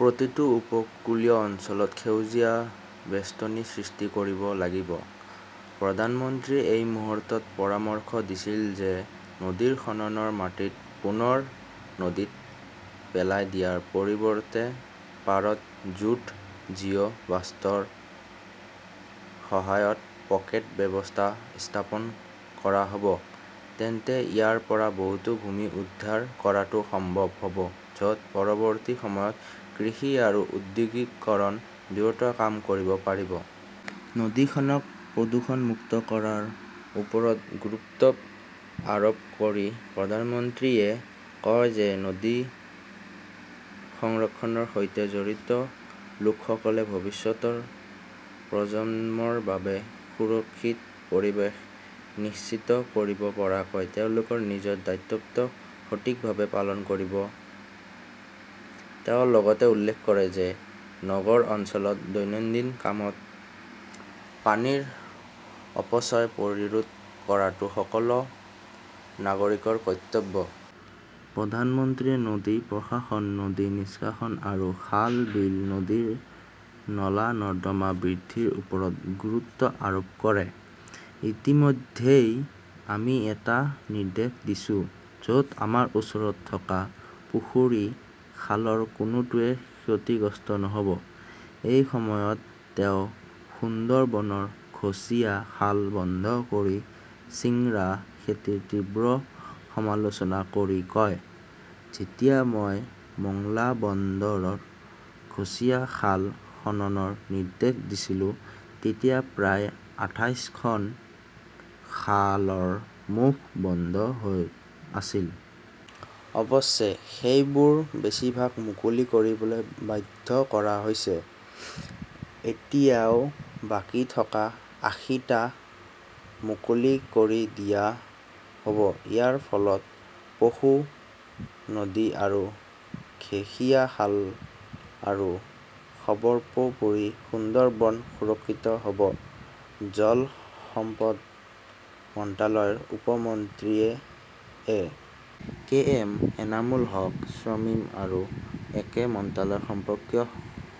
প্ৰতিটো উপকূলীয় অঞ্চলত সেউজীয়া বেষ্টনী সৃষ্টি কৰিব লাগিব। "প্ৰধানমন্ত্ৰীয়ে" এই মুহূৰ্তত পৰামৰ্শ দিছিল যে নদীৰ খননৰ মাটি পুনৰ নদীত পেলাই দিয়াৰ পৰিৱৰ্তে পাৰত জুট জিঅ' বস্ত্ৰৰ সহায়ত পকেট ব্যৱস্থা স্থাপন কৰা হব, তেন্তে ইয়াৰ পৰা বহুতো ভূমি উদ্ধাৰ কৰাটো সম্ভৱ হব য'ত পৰৱৰ্তী সময়ত কৃষি আৰু ঔদ্যোগিকৰণ দুয়োটা কাম কৰিব পাৰিব। নদীখনক প্ৰদূষণমুক্ত কৰাৰ ওপৰত গুৰুত্ব আৰোপ কৰি প্ৰধানমন্ত্ৰীয়ে কয় যে নদী সংৰক্ষণৰ সৈতে জড়িত লোকসকলে ভৱিষ্যতৰ প্ৰজন্মৰ বাবে সুৰক্ষিত পৰিৱেশ নিশ্চিত কৰিব পৰাকৈ তেওঁলোকৰ নিজৰ দায়িত্ব সঠিকভাৱে পালন কৰিব। তেওঁ লগতে উল্লেখ কৰে যে নগৰ অঞ্চলত দৈনন্দিন কামত পানীৰ অপচয় প্ৰতিৰোধ কৰাটো সকলো নাগৰিকৰ কৰ্তব্য। প্ৰধানমন্ত্ৰীয়ে নদী প্ৰশাসন, নদী নিষ্কাশন আৰু খাল, বিল, নদীৰ নলা-নৰ্দমা বৃদ্ধিৰ ওপৰত গুৰুত্ব আৰোপ কৰে। ইতিমধ্যেই আমি এটা নিৰ্দেশ দিছো, য'ত আমাৰ ওচৰত থকা পুখুৰী-খালৰ কোনোটোৱেই ক্ষতিগ্ৰস্ত নহব। এই সময়ত তেওঁ সুন্দৰবনৰ ঘছিয়া খাল বন্ধ কৰি চিংৰা খেতিৰ তীব্ৰ সমালোচনা কৰি কয়, "যেতিয়া মই মোংলা বন্দৰৰ ঘছিয়া খাল খননৰ নিৰ্দেশ দিছিলো তেতিয়া প্ৰায় আঢ়ৈশখন খালৰ মুখ বন্ধ হৈ আছিল। অৱশ্যে, সেইবোৰৰ বেছিভাগ মুকলি কৰিবলৈ বাধ্য কৰা হৈছে। এতিয়াও বাকী থকা আশী টা মুকলি কৰি দিয়া হ'ব। ইয়াৰ ফলত পশু নদী আৰু ঘেশিয়া খাল আৰু সৰ্বোপৰি সুন্দৰবন সুৰক্ষিত হব। জল সম্পদ মন্ত্ৰালয়ৰ উপ মন্ত্ৰী A. K. M. Enamul Haque Shamim আৰু একে মন্ত্ৰালয় সম্পৰ্কীয়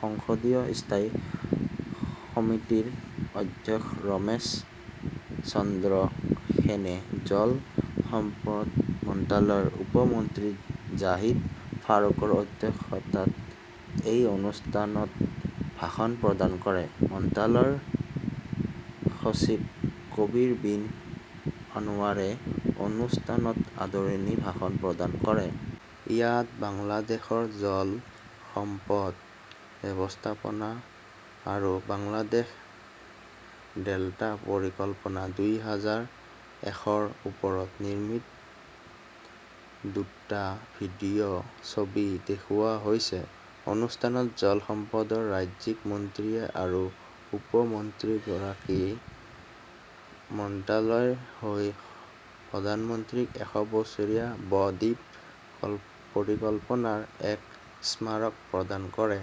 সংসদীয় স্থায়ী সমিতিৰ অধ্যক্ষ ৰমেশ চন্দ্ৰ সেনে জল সম্পদ মন্ত্ৰালয়ৰ উপ মন্ত্ৰী জাহিদ ফাৰুকৰ অধ্যক্ষতাত এই অনুষ্ঠানত ভাষণ প্ৰদান কৰে। মন্ত্ৰালয়ৰ সচিব কবীৰ বিন আনৱাৰে অনুষ্ঠানত আদৰণি ভাষণ প্ৰদান কৰে। ইয়াত বাংলাদেশৰ জল সম্পদ ব্যৱস্থাপনা আৰু বাংলাদেশ ডেল্টা পৰিকল্পনা দুই হাজাৰ এশৰ ওপৰত নিৰ্মিত দুটা ভিডিঅ ছবি দেখুওৱা হৈছে। অনুষ্ঠানত জল সম্পদৰ ৰাজ্যিক মন্ত্ৰী আৰু উপ মন্ত্ৰীগৰাকীয়ে মন্ত্ৰালয়ৰ হৈ প্ৰধানমন্ত্ৰীক এশ বছৰীয়া ব-দ্বীপ পৰিকল্পনাৰ "এক স্মাৰক" প্ৰদান কৰে।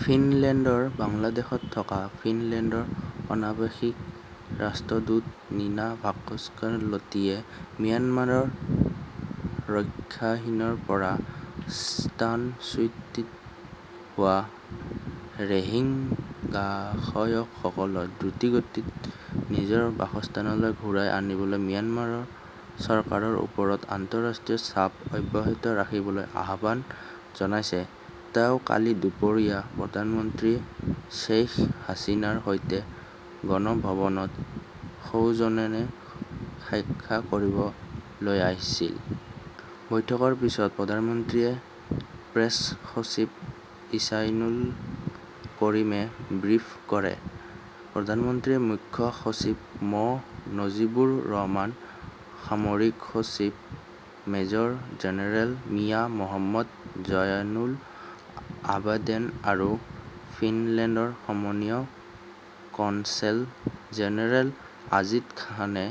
ফিনলেণ্ডৰ বাংলাদেশত থকা ফিনলেণ্ডৰ অনাবাসিক ৰাষ্ট্ৰদূত নিনা ভাস্কুনলাতীয়ে ম্যানমাৰৰ ৰাখাইনৰ পৰা স্থানচ্যুত হোৱা ৰোহিংগাসকলক দ্ৰুতগতিত নিজৰ বাসস্থানলৈ ঘূৰাই আনিবলৈ ম্যানমাৰ চৰকাৰৰ ওপৰত আন্তঃৰাষ্ট্ৰীয় চাপ অব্যাহত ৰাখিবলৈ আহ্বান জনাইছে। তেওঁ কালি দুপৰীয়া প্ৰধানমন্ত্ৰী শ্বেইখ হাছিনাৰ সৈতে গণভৱনত সৌজন্যে সাক্ষাৎ কৰিবলৈ আহিছিল। বৈঠকৰ পিছত প্ৰধানমন্ত্ৰীৰ প্ৰেছ সচিব ইহছানুল কাৰিমে ব্ৰিফ কৰে। প্ৰধানমন্ত্ৰীৰ মুখ্য সচিব মো. নজিবুৰ ৰহমান, সামৰিক সচিব মেজৰ জেনেৰেল মিয়া মহম্মদ জয়নুল আবেদিন আৰু ফিনলেণ্ডৰ সন্মানীয় কনছেল জেনেৰেল আজিজ খানে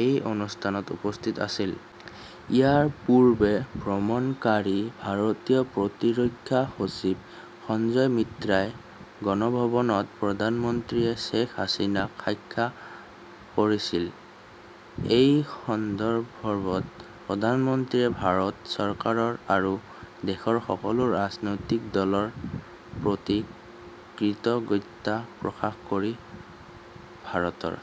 এই অনুষ্ঠানত উপস্থিত আছিল। ইয়াৰ পূৰ্বে ভ্ৰমণকাৰী ভাৰতীয় প্ৰতিৰক্ষা সচিব সঞ্জয় মিত্ৰাই গণভৱনত প্ৰধানমন্ত্ৰী শ্বেখ হাছিনাক সাক্ষাৎ কৰিছিল। এই সন্দৰ্ভত প্ৰধানমন্ত্ৰীয়ে ভাৰত চৰকাৰ আৰু দেশৰ সকলো ৰাজনৈতিক দলৰ প্ৰতি কৃতজ্ঞতা প্ৰকাশ কৰি ভাৰতৰ